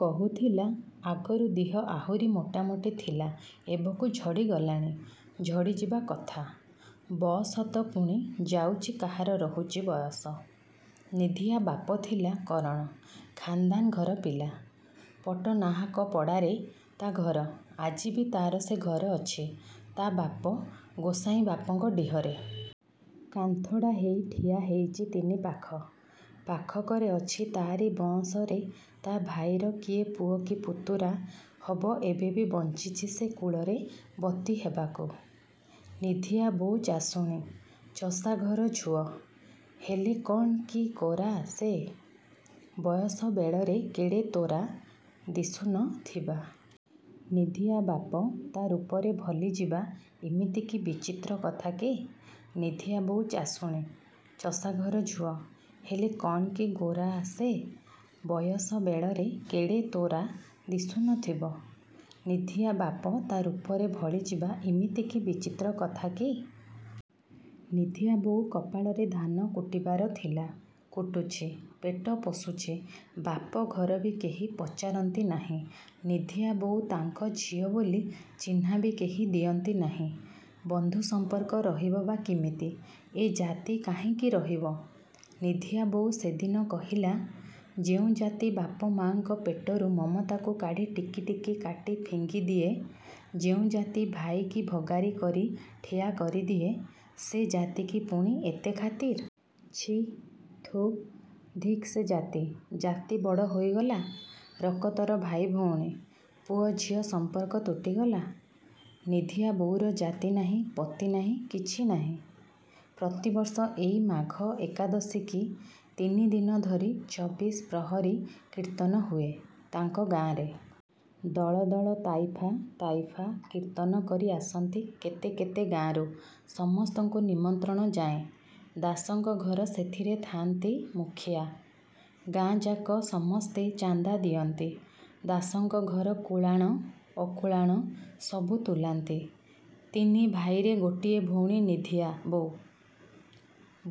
କହୁଥିଲା ଆଗରୁ ଦିହ ଆହୁରି ମୋଟାମୋଟି ଥିଲା ଏବକୁ ଝଡ଼ି ଗଲାଣି। ଝଡ଼ିଯିବା କଥା। ବଅସ ତ ପୁଣି ଯାଉଚି କାହାର ରହୁଚି ବୟସ। ନିଧିଆ ବାପ ଥିଲା କରଣ। ଖାନ୍ଦାନ୍ ଘର ପିଲା। ପଟ୍ଟନାହାକ ପଡ଼ାରେ ତା ଘର। ଆଜିବି ତାର ସେ ଘର ଅଛି ତା ବାପ ଗୋସାଇଁବାପଙ୍କ ଡିହରେ। କାନ୍ଥଡ଼ା ହେଇ ଠିଆ ହେଇଚି ତିନିପାଖ। ପାଖକରେ ଅଛି ତାରି ବଅଁଶରେ ତା ଭାଇର କିଏ ପୁଅ କି ପୁତୁରା ହବ ଏବେବି ବଞ୍ଚିଛି ସେ କୁଳରେ ବତି ହେବାକୁ। ନିଧିଆ ବୋଉ ଚାଷୁଣୀ। ଚଷାଘର ଝୁଅ। ହେଲେ କଣ କି ଗୋରା ସେ। ବୟସ ବେଳରେ କେଡ଼େ ତୋରା ଦିଶୁନ ଥିବା। ନିଧିଆ ବାପ ତା ରୂପରେ ଭଲିଯିବା ଇମିତି କି ବିଚିତ୍ର କଥା କି ନିଧିଆ ବୋଉ ଚାଷୁଣୀ। ଚଷାଘର ଝୁଅ। ହେଲେ କଣ କି ଗୋରା ସେ। ବୟସ ବେଳରେ କେଡ଼େ ତୋରା ଦିଶୁ ନଥିବ। ନିଧିଆ ବାପ ତା ରୂପରେ ଭଳିଯିବା ଇମିତି କି ବିଚିତ୍ର କଥା କି ନିଧିଆ ବୋଉ କପାଳରେ ଧାନକୁଟିବାର ଥିଲା କୁଟୁଛି। ପେଟ ପୋଷୁଛି। ବାପ ଘରବି କେହି ପଚାରନ୍ତି ନାହିଁ। ନିଧିଆ ବୋଉ ତାଙ୍କ ଝିଅ ବୋଲି ଚିହ୍ନାବି କେହି ଦିଅନ୍ତି ନାହିଁ। ବନ୍ଧୁ ସମ୍ପର୍କ ରହିବ ବା କିମିତି ଏ ଜାତି କାହିଁକି ରହିବ? ନିଧିଆ ବୋଉ ସେଦିନ କହିଲା ଯେଉଁ ଜାତି ବାପ ମାଙ୍କ ପେଟରୁ ମମତାକୁ କାଢ଼ି ଟିକିଟିକି କାଟି ଫିଙ୍ଗି ଦିଏ ଯେଉଁ ଜାତି ଭାଇକି ଭଗାରି କରି ଠିଆ କରିଦିଏ ସେ ଜାତିକି ପୁଣି ଏତେ ଖାତିର୍। ଛି ଥୁ ଧିକ ସେ ଜାତି ଜାତି ବଡ଼ ହୋଇଗଲା। ରକତର ଭାଇ ଭଉଣୀ, ପୁଅ ଝିଅ ସମ୍ପର୍କ ତୁଟିଗଲା? ନିଧିଆ ବୋଉର ଜାତି ନାହିଁ ପତି ନାହିଁ କିଛି ନାହିଁ ପ୍ରତିବର୍ଷ ଏଇ ମାଘ ଏକାଦଶୀକି ତିନିଦିନ ଧରି ଚବିଶ ପ୍ରହରୀ କୀର୍ତ୍ତନ ହୁଏ ତାଙ୍କ ଗାଁରେ। ଦଳଦଳ ତାଇଫା ତାଇଫା କୀର୍ତ୍ତନ କରି ଆସନ୍ତି କେତେ କେତେ ଗାଁରୁ। ସମସ୍ତଙ୍କୁ ନିମନ୍ତ୍ରଣ ଯାଏଁ। ଦାସଙ୍କ ଘର ସେଥିରେ ଥାନ୍ତି ମୁଖିଆ। ଗାଁଯାକ ସମସ୍ତେ ଚାନ୍ଦା ଦିଅନ୍ତି। ଦାସଙ୍କ ଘର କୁଳାଣ ଅକୁଳାଣ ସବୁ ତୁଲାନ୍ତି। ତିନିଭାଇରେ ଗୋଟିଏ ଭଉଣୀ ନିଧିଆ ବୋଉ।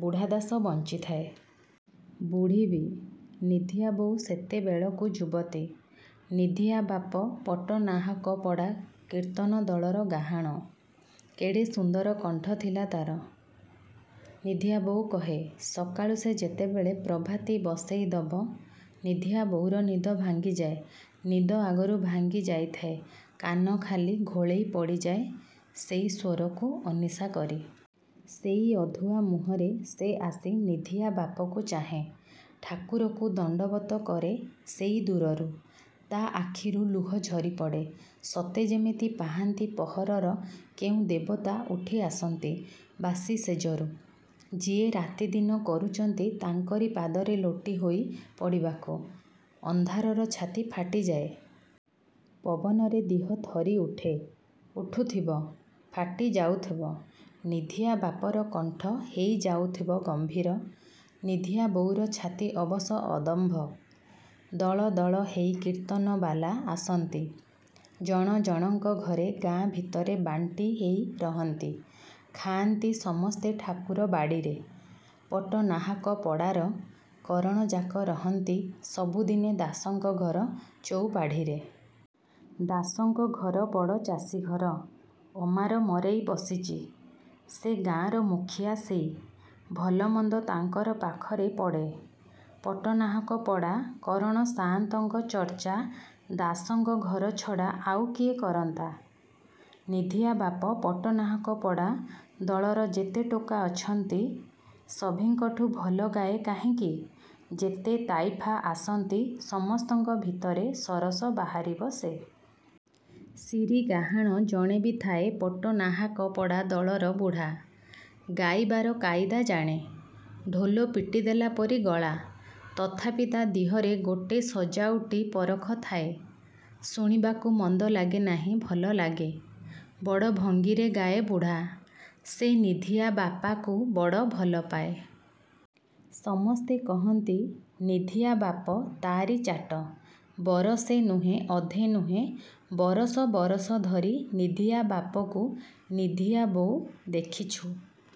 ବୁଢ଼ା ଦାସ ବଞ୍ଚିଥାଏ। ବୁଢ଼ୀବି। ନିଧିଆବୋଉ ସେତେବେଳକୁ ଯୁବତୀ। ନିଧିଆ ବାପ ପଟ୍ଟନାହାକପଡ଼ା କୀର୍ତ୍ତନ ଦଳର ଗାହାଣ। କେଡ଼େ ସୁନ୍ଦର କଣ୍ଠଥିଲା ତାର। ନିଧିଆବୋଉ କହେ। ସକାଳୁ ସେ ଯେତେବେଳେ ପ୍ରଭାତୀ ବସେଇ ଦବ ନିଧିଆ ବୋଉର ନିଦ ଭାଙ୍ଗିଯାଏ ନିଦ ଆଗରୁ ଭାଙ୍ଗି ଯାଇଥାଏ କାନ ଖାଲି ଘୋଳେଇ ପଡ଼ିଯାଏ ସେଇ ସ୍ୱରକୁ ଅନିସା କରି। ସେଇ ଅଧୁଆମୁହଁରେ ସେ ଆସି ନିଧିଆବାପକୁ ଚାହେଁ। ଠାକୁରକୁ ଦଣ୍ଡବତ କରେ ସେଇ ଦୂରରୁ। ତା ଆଖିରୁ ଲୁହ ଝରିପଡ଼େ। ସତେ ଯେମିତି ପାହାନ୍ତି ପହରର କେଉଁ ଦେବତା ଉଠିଆସନ୍ତି ବାସିଶେଯରୁ ଯିଏ ରାତିଦିନ କରୁଚନ୍ତି ତାଙ୍କରି ପାଦରେ ଲୋଟି ହୋଇ ପଡ଼ିବାକୁ। ଅନ୍ଧାରର ଛାତି ଫାଟିଯାଏ। ପବନରେ ଦିହ ଥରିଉଠେ। ଉଠୁଥିବ। ଫାଟି ଯାଉଥିବ। ନିଧିଆବାପର କଣ୍ଠ ହେଇ ଯାଉଥିବ ଗମ୍ଭୀର ନିଧିଆ ବୋଉର ଛାତି ଅବଶ ଅଦମ୍ଭ। ଦଳଦଳ ହେଇ କୀର୍ତ୍ତନବାଲା ଆସନ୍ତି। ଜଣ ଜଣଙ୍କ ଘରେ ଗାଁ ଭିତରେ ବାଣ୍ଟି ହେଇ ରହନ୍ତି। ଖାଆନ୍ତି ସମସ୍ତେ ଠାକୁର ବାଡ଼ିରେ। ପଟ୍ଟନାହାକ ପଡ଼ାର କରଣଯାକ ରହନ୍ତି ସବୁଦିନେ ଦାସଙ୍କ ଘର ଚଉପାଢ଼ିରେ। ଦାସଙ୍କ ଘର ବଡ଼ ଚାଷୀଘର। ଅମାର ମରେଇ ବସିଚି। ସେ ଗାଁର ମୁଖିଆ ସେଇ। ଭଲମନ୍ଦ ତାଙ୍କର ପାଖରେ ପଡ଼େ। ପଟ୍ଟନାହାକପଡ଼ା କରଣ ସାଆନ୍ତଙ୍କ ଚର୍ଚ୍ଚା ଦାସଙ୍କ ଘର ଛଡ଼ା ଆଉ କିଏ କରନ୍ତା? ନିଧିଆବାପ ପଟ୍ଟନାହାକପଡ଼ା ଦଳର ଯେତେ ଟୋକା ଅଛନ୍ତି ସଭିଙ୍କଠୁ ଭଲ ଗାଏ କାହିଁକି ଯେତେ ତାଇଫା ଆସନ୍ତି ସମସ୍ତଙ୍କ ଭିତରେ ସରସ ବାହାରିବ ସେ। ଶିରୀଗାହାଣ ଜଣେବି ଥାଏ ପଟ୍ଟନାହାକପଡ଼ା ଦଳର ବୁଢ଼ା। ଗାଇବାର କାଇଦା ଜାଣେ। ଢୋଲ ପିଟିଦେଲା ପରି ଗଳା। ତଥାପି ତା ଦିହରେ ଗୋଟେ ସଜାଉଟୀ ପରଖ ଥାଏ। ଶୁଣିବାକୁ ମନ୍ଦ ଲାଗେ ନାହିଁ ଭଲ ଲାଗେ। ବଡ଼ ଭଙ୍ଗୀରେ ଗାଏ ବୁଢ଼ା। ସେ ନିଧିଆ ବାପାକୁ ବଡ଼ ଭଲପାଏ। ସମସ୍ତେ କହନ୍ତି ନିଧିଆବାପ ତାରି ଚାଟ। ବରଷେ ନୁହେଁ ଅଧେ ନୁହେଁ। ବରଷ ବରଷ ଧରି ନିଧିଆ ବାପକୁ ନିଧିଆ ବୋଉ ଦେଖିଛୁ।